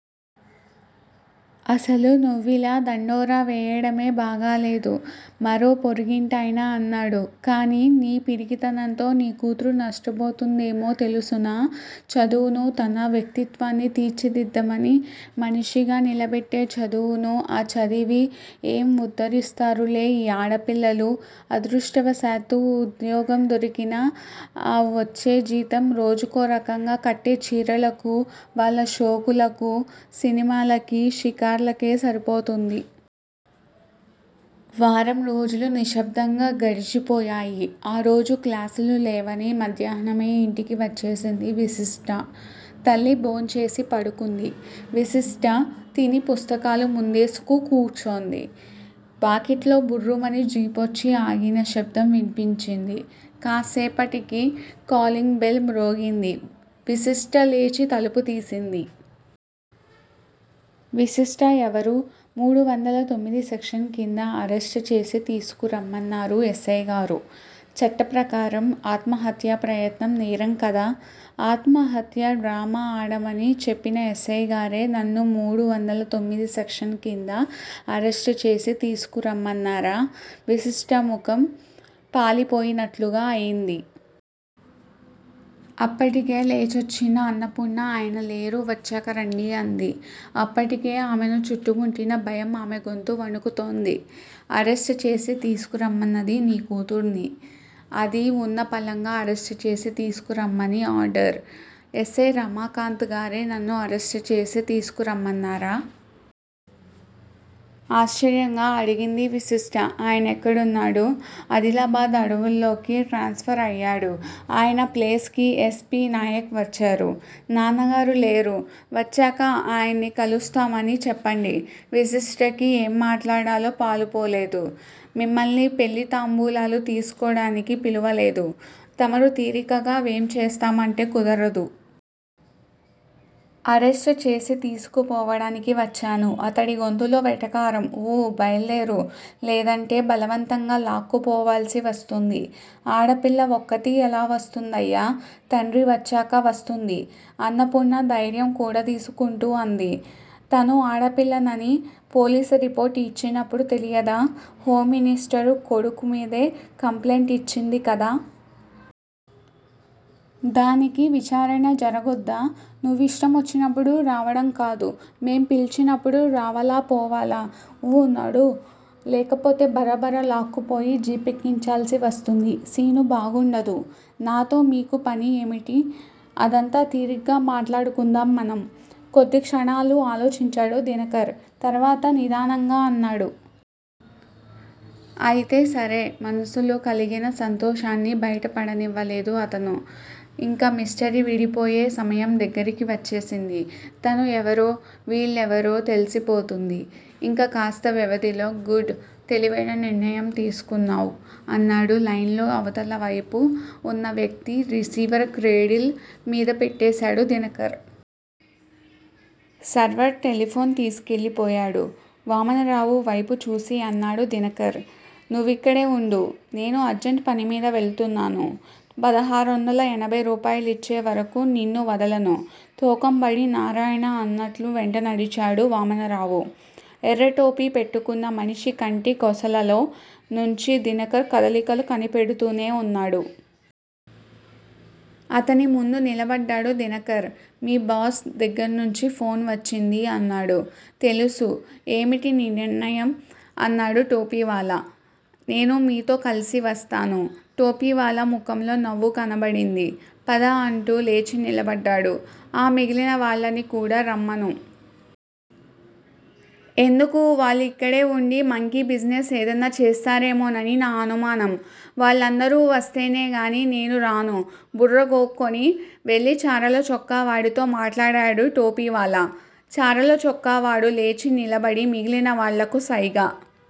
అసలు నువ్విలా దండోరా వేయడమే బాగాలేదు మరో పొరుగింటాయన అన్నాడు. కాని నీ పిరికితనంతో నీ కూతురు నష్టపోయిందేమో తెలుసునా? చదువును, తన వ్యక్తిత్వాన్ని తీర్చి దిద్దమని మనిషిగా నిలబెట్టే చదువును! ఆ చదివి ఏం ఉద్దరిస్తారులే ఈ ఆడపిల్లలు? అదృష్టవ శాత్తు ఉద్యోగం దొరికినా ఆ వచ్చే జీతం రోజుకో రకంగా కట్టే చీరలకూ, వాళ్ల షోకులకూ సినిమాలకీ, షికార్లకే సరిపోతుంది. వారం రోజులు నిశ్శబ్దంగా గడిచిపోయాయి. ఆ రోజు క్లాసులు లేవని మధ్యాహ్నమే ఇంటికి వచ్చేసింది విశిష్ట. తల్లి భోంచేసి పడుకుంది. విశిష్ట తిని పుస్తకాలు ముందేసుకు కూర్చొంది. వాకిట్లో బుర్రుమని జీపొచ్చి ఆగిన శబ్దం వినిపించింది. కాస్సేపటికి కాలింగ్ బెల్ మ్రోగింది. విశిష్ట లేచి తలుపు తీసింది. విశిష్ట ఎవరు? మూడు వందల తొమ్మిది సెక్షన్ కింద అరెస్ట్ చేసి తీసుకురమన్నారు ఎస్సైగారు! చట్ట ప్రకారం ఆత్మహత్యా ప్రయత్నం నేరంకదా? ఆత్మహత్యా డ్రామా ఆడమని చెప్పిన ఎస్సైగారే నన్ను మూడు వందల తొమ్మిది సెక్షన్ కింద అరెస్ట్ చేసి తీసుకురమ్మన్నారా? విశిష్ట ముఖం పాలిపోయి నట్లుగా అయింది. అప్పటికే లేచొచ్చిన అన్నపూర్ణ ఆయన లేరు! వచ్చాక రండి అంది. అప్పటికే ఆమెను చుట్టుముట్టిన భయం ఆమె గొంతు వణుకుతోంది. అరెస్ట్ చేసి తీసుకురమ్మన్నది నీ కూతుర్ని. అదీ వున్న పళంగా అరెస్ట్ చేసి తీసుకురమ్మని ఆర్డర్. ఎస్సై రమాకాంత్ గారే నన్ను అరెస్ట్ చేసి తీసుకురమ్మన్నారా? ఆశ్చర్యంగా అడిగింది విశిష్ట. ఆయనెక్కడున్నాడు? అదిలాబాద్ అడవుల్లోకి ట్రాన్స్ ఫర్ అయ్యాడు. ఆయన ప్లేస్ కి ఎస్. పి. నాయక్ వచ్చారు. నాన్నగారు లేరు! వచ్చాక ఆయన్ని కలుస్తామని చెప్పండి విశిష్టకి ఏం మాట్లాడాలో పాలుపోలేదు. మిమ్మల్ని పెళ్ళి తాంబూలాలు తీసుకోడానికి పిలువలేదు. తమరు తీరికగా వేంచేస్తామంటే కుదరదు. అరెస్ట్ చేసి తీసుకుపోవడానికి వచ్చాను. అతడి గొంతులో వెటకారం. ఊ! బయల్దేరు లేదంటే బలవంతంగా లాక్కుపోవాల్సి వస్తుంది. ఆడపిల్ల ఒక్కతీ ఎలా వస్తుందయ్యా? తండ్రి వచ్చాక వస్తుంది అన్నపూర్ణ ధైర్యం కూడదీసుకుంటూ అంది. తను ఆడపిల్లనని పోలీసు రిపోర్ట్ యిచ్చినప్పుడు తెలియదా? హోంమినిస్టరు కొడుకు మీదే కంప్లైంట్ ఇచ్చింది కదా? దానికి విచారణ జరగొద్దా? నువ్విష్టమొచ్చినప్పుడు రావడంకాదు. మేం పిలిచినప్పుడు రావాలా పోవాల. ఊ నడూ లేకపోతే బరబర లాక్కుపోయి జీపెక్కించాల్సి వస్తుంది. సీను బాగుండదు. నాతో మీకు పని ఏమిటి? అదంతా తీరిగ్గా మాట్లాడుకుందాం మనం! కొద్ది క్షణాలు ఆలోచించాడు దినకర్. తర్వాత నిదానంగా అన్నాడు. అయితే సరే! మనసులో కలిగిన సంతోషాన్ని బయట పడనివ్వలేదు అతను. ఇంక మిస్టరీ విడిపోయే సమయం దగ్గరికి వచ్చేసింది. తను ఎవరో, వీళ్ళెవరో తెలిసిపోతుంది ఇంక కాస్త వ్యవధిలో. గుడ్! తెలివైన నిర్ణయం తీసుకున్నావ్! అన్నాడు లైన్లో అవతలవైపు ఉన్న వ్యక్తి. రిసీవర్ క్రేడిల్ మీద పెట్టేశాడు దినకర్. సర్వర్ టెలిఫోన్ తీసుకెళ్ళిపోయాడు. వామనరావు వైపు చూసి అన్నాడు దినకర్. నువ్విక్కడే వుండు! నేను అర్జెంట్ పనిమీద వెళుతున్నాను. పదహారొందల ఎనభై రూపాయలిచ్చే వరకు నిన్ను వదలను తోకంబడి నారాయణ అన్నట్లు వెంట నడిచాడు వామనరావు. ఎర్రటోపీ పెట్టుకున్న మనిషి కంటి కొసలలో నుంచి దినకర్ కదలికలు కనిపెడుతూనే వున్నాడు. అతని ముందు నిలబడ్డాడు దినకర్. మీ బాస్ దగ్గర్నుంచి ఫోన్ వచ్చింది అన్నాడు. తెలుసు ఏమిటి నీ నిర్ణయం? అన్నాడు టోపీ వాలా. నేను మీతో కలిసి వస్తాను. టోపీవాలా ముఖంలో నవ్వు కనబడింది. పద! అంటూ లేచి నిలబడ్డాడు. ఆ మిగిలిన వాళ్ళని కూడా రమ్మను. ఎందుకు? వాళ్ళు ఇక్కడే వుండి మంకీ బిజినెస్ ఏదన్నా చేస్తారేమోనని నా అనుమానం! వాళ్ళందరూ వస్తేనేగానీ నేను రాను. బుర్ర గోక్కొని వెళ్ళి చారల చొక్కా వాడితో మాట్లాడాడు టోపీ వాలా. చారల చొక్కావాడు లేచి నిలబడి మిగిలిన వాళ్ళకు సైగ